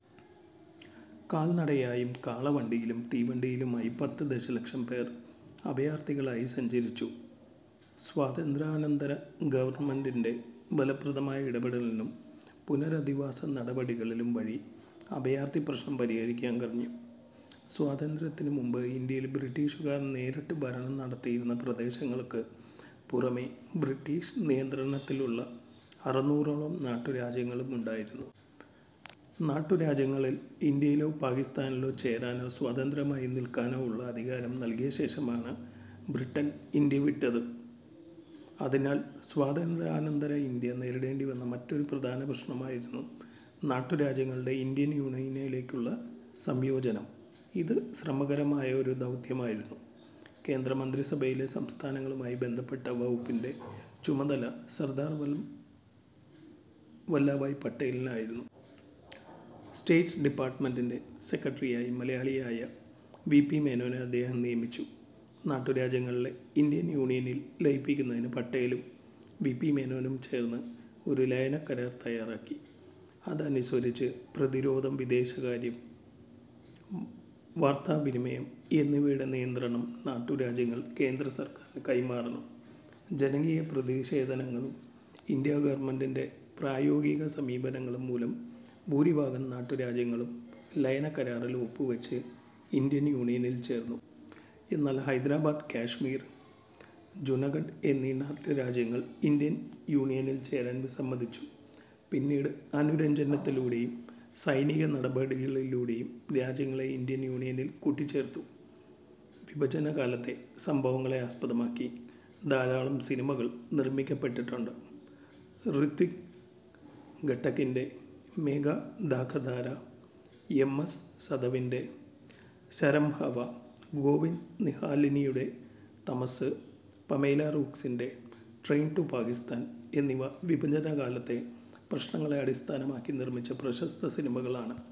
കാൽനടയായും കാളവണ്ടിയിലും തീവണ്ടിയിലുമായി പത്ത് ദശലക്ഷം പേർ അഭയാർഥികളായി സഞ്ചരിച്ചു. സ്വാതന്ത്ര്യാനന്തര ഗവൺമെന്റിന്റെ ഫലപ്രദമായ ഇടപെടലും പുനരധിവാസ നടപടികളും വഴി അഭയാർഥി പ്രശ്നം പരിഹരിക്കാൻ കഴിഞ്ഞു. സ്വാതന്ത്ര്യത്തിനു മുമ്പ് ഇന്ത്യയിൽ ബ്രിട്ടീഷുകാർ നേരിട്ടു ഭരണം നടത്തിയിരുന്ന പ്രദേശങ്ങൾക്കു പുറമെ ബ്രിട്ടീഷ് നിയന്ത്രണത്തിലുള്ള അറുനൂറോളം നാട്ടുരാജ്യങ്ങളും ഉണ്ടായിരുന്നു. നാട്ടുരാജ്യങ്ങൾക്ക് ഇന്ത്യയിലോ പാകിസ്ഥാനിലോ ചേരാനോ സ്വതന്ത്രമായി നിൽക്കാനോ ഉള്ള അധികാരം നൽകിയ ശേഷമാണ് ബ്രിട്ടൻ ഇന്ത്യ വിട്ടത്. അതിനാൽ സ്വാതന്ത്ര്യാനന്തര ഇന്ത്യ നേരിടേണ്ടിവന്ന മറ്റൊരു പ്രധാന പ്രശ്നമായിരുന്നു നാട്ടുരാജ്യങ്ങളുടെ ഇന്ത്യൻ യൂണിയനിലേക്കുള്ള സംയോജനം. ഇത് ശ്രമകരമായ ഒരു ദൗത്യമായിരുന്നു. കേന്ദ്ര മന്ത്രിസഭയിലെ സംസ്ഥാനങ്ങളുമായി ബന്ധപ്പെട്ട വകുപ്പിന്റെ ചുമതല സർദാർ വല്ലഭ്ഭായ് പട്ടേലിനായിരുന്നു. സ്റ്റേറ്റ്സ് ഡിപാർട്ട്മെന്റിന്റെ സെക്രട്ടറിയായി മലയാളിയായ വി. പി. മേനോനെ അദ്ദേഹം നിയമിച്ചു. നാട്ടുരാജ്യങ്ങളെ ഇന്ത്യൻ യൂണിയനിൽ ലയിപ്പിക്കുന്നതിന് പട്ടേലും വി. പി മേനോനും ചേർന്ന് ഒരു ലയനക്കരാർ തയാറാക്കി. അതനുസരിച്ച് പ്രതിരോധം, വിദേശകാര്യം, വാർത്താവിനിമയം എന്നിവയുടെ നിയന്ത്രണം നാട്ടുരാജ്യങ്ങൾ കേന്ദ്രസർക്കാരിന് കൈമാറണം. ജനകീയ പ്രതിഷേധങ്ങളും ഇന്ത്യാ ഗവൺമെന്റിന്റെ പ്രായോഗികസമീപനങ്ങളും മൂലം ഭൂരിഭാഗം നാട്ടുരാജ്യങ്ങളും ലയനക്കരാറിൽ ഒപ്പുവച്ച് ഇന്ത്യൻ യൂണിയനിൽ ചേർന്നു. എന്നാൽ ഹൈദരാബാദ്, കാശ്മീർ, ജുനഗഡ് എന്നീ നാട്ടുരാജ്യങ്ങൾ ഇന്ത്യൻ യൂണിയനിൽ ചേരാൻ വിസമ്മതിച്ചു. പിന്നീട് അനുരഞ്ജനത്തിലൂടെയും സൈനിക നടപടിയിലൂടെയും രാജ്യങ്ങളെ ഇന്ത്യൻ യൂണിയനിൽ കൂട്ടിച്ചേർത്തു. വിഭജനകാലത്തെ സംഭവങ്ങളെ ആസ്പദമാക്കി ധാരാളം സിനിമകൾ നിർമിക്കപ്പെട്ടിട്ടുണ്ട്. ഋത്വിക് ഘട്ടക്കിന്റെ "മേഘ ധാക്കധാര', എം. എസ്. സതവിന്റെ "ഗരംഹവ', ഗോവിന്ദ് നിഹലാനിയുടെ തമസ്സ്', പമേല റൂക്ക്സിന്റെ "ട്രെയിൻ ടു പാകിസ്ഥാൻ' എന്നിവ വിഭജനകാലത്തെ പ്രശ്നങ്ങളെ അടിസ്ഥാനമാക്കി നിർമിച്ച പ്രശസ്ത സിനിമകളാണ്.